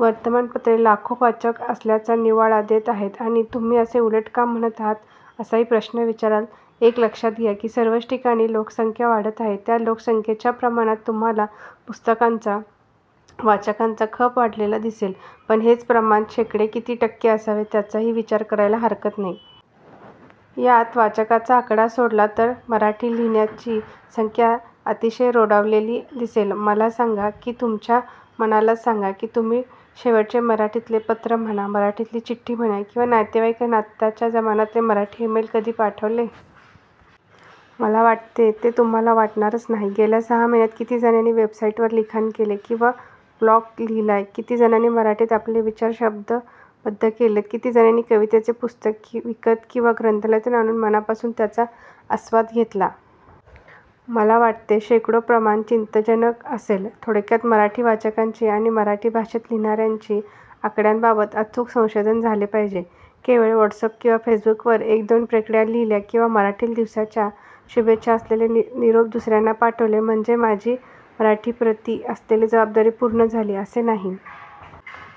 वर्तमानपत्रे लाखो वाचक असल्याचा निर्वाळा देत आहेत आणि तुम्ही असे उलट का म्हणत आहात असाही प्रश्न विचाराल. एक लक्षात घ्या, की सर्वच ठिकाणी लोकसंख्या वाढत आहे. त्या लोकसंख्येच्या प्रमाणात तुम्हाला पुस्तकांचा, वाचकांचा खप वाढलेला दिसेल, पण हेच प्रमाण शेकडा किती टक्के असावे त्याचाही विचार करायला हरकत नाही. यात वाचकांचा आकडा सोडला तर मराठीत लिहीणार्यांची संख्या अतिशय रोडावलेली दिसेल. मला सांगा किंवा तुमच्या मनालाच सांगा की तुम्ही शेवटचे मराठीतले पत्र म्हणा, मराठीतली चिठ्ठी म्हणा किंवा नातेवाईकांना आताच्या जमानातले मराठीतले ईमेल कधी पाठवले? मला वाटते ते तुम्हाला आठवणारच नाही. गेल्या सहा महिन्यांत किती जणांनी वेबसाईटवर लिखाण केले? किंवा ब्लॉग लिहीला? किती जणांनी मराठीत आपले विचार शब्दबद्ध केलेत? किती जाणांनी कवितेचे पुस्तक विकत किंवा ग्रंथालयातून आणून मनापासून त्याचा आस्वाद घेतला? मला वाटते शेकडा प्रमाण चिंताजन असेल. थोडक्यात मराठी वाचकांची आणि मराठी भाषेत लिहीणार्यांच्या आकड्यांबाबत अचूक संशोधन झाले पाहिजे. केवळ व्हाटसअॅप किंवा फेसबूकवर एक दोन प्रतिक्रीया लिहील्या किंवा मराठीतील दिवसाच्या शुभेच्छा असलेले निरोप दुसर्यांना पाठवले म्हणजे माझी मराठीप्रती असलेली जबाबदारी पूर्ण झाली असे नाही.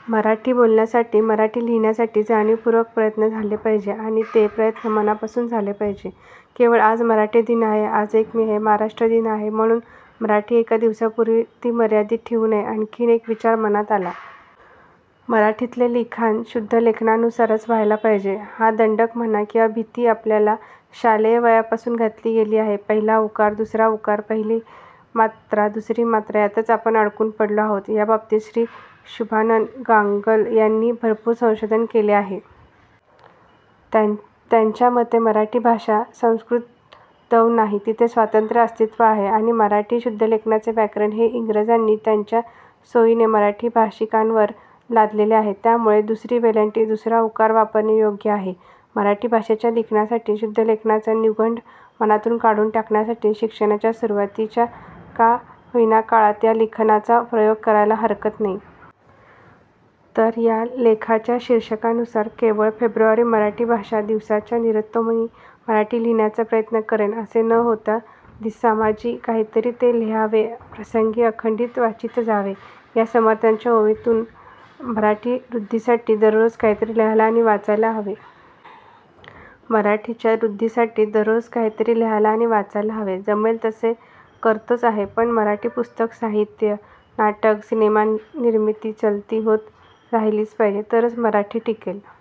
मराठी बोलण्यासाठी, मराठी लिहीण्यासाठी जाणीवपूर्वक प्रयत्न झाले पाहिजे. आणि ते प्रयत्न मनापासून झाले पाहिजे. केवळ आज मराठी दिन आहे, आज एक मे, महाराष्ट्र दिन आहे म्हणून मराठी एका दिवसापुरती मर्यादित ठेवू नये. आणखी एक विचार मनात आला. मराठीतले लिखाण हे शुद्धलेखनानुसारच व्हायला पाहिजे हा दंडक म्हणा किंवा भिती आपल्याला शालेय वयापासून घातली गेली आहे. पहिला उकार, दुसरा उकार, पहिली मात्रा दुसरी मात्रा यातच आपण अडकून पडलो आहोत. याबाबतीत श्री. शुभानन गांगल यांनी भरपुर संशोधन केले आहे. त्यांच्या मते मराठी भाषा संस्कृतोद्भव नाही. तिचे स्वतंत्र अस्तित्व आहे. आणि मराठी शुद्धलेखनाचे व्याकरण हे इंग्रजांनी त्यांच्या सोईने मराठी भाषीकांवर लादलेले आहे. त्यामुळे दुसरी वेलांटी, दुसरा उकार वापरणे योग्य आहे. मराठी भाषेच्या लिखाणासाठी, शुद्धलेखनाचा न्युनगंड मनातून काढून टाकण्यासाठी शिक्षणाच्या सुरूवातीच्या का होईना काळात या लिखाणाचा प्रयोग करायला हरकत नाही. तर या लेखाच्या शिर्षकानुसार केवळ " फेब्रुवरी, मराठी भाषा दिवसाच्या निमित्तानेमी मराठी लिहीण्याचा प्रयत्न करेन" असे न होता "दिसामाजी काहीतरी ते लिहावे। प्रसंगी अखंडित वाचीत जावे", या समर्थांच्या ओवीनुसात मराठीच्या वृद्धीसाठी दररोज काहीतरी लिहायला आणि वाचायला हवे. मराठीच्या वृद्धीसाठी दररोज काहीतरी लिहायला आणि वाचायला हवे. >> जमेल तसे करतोच आहे! पण मराठी पुस्तकं ाहित्य, नाटक, सिनेमा निर्मिती-चलती होत राहिलीच पाहिजे तरच 'मराठी' टिकेल <- असं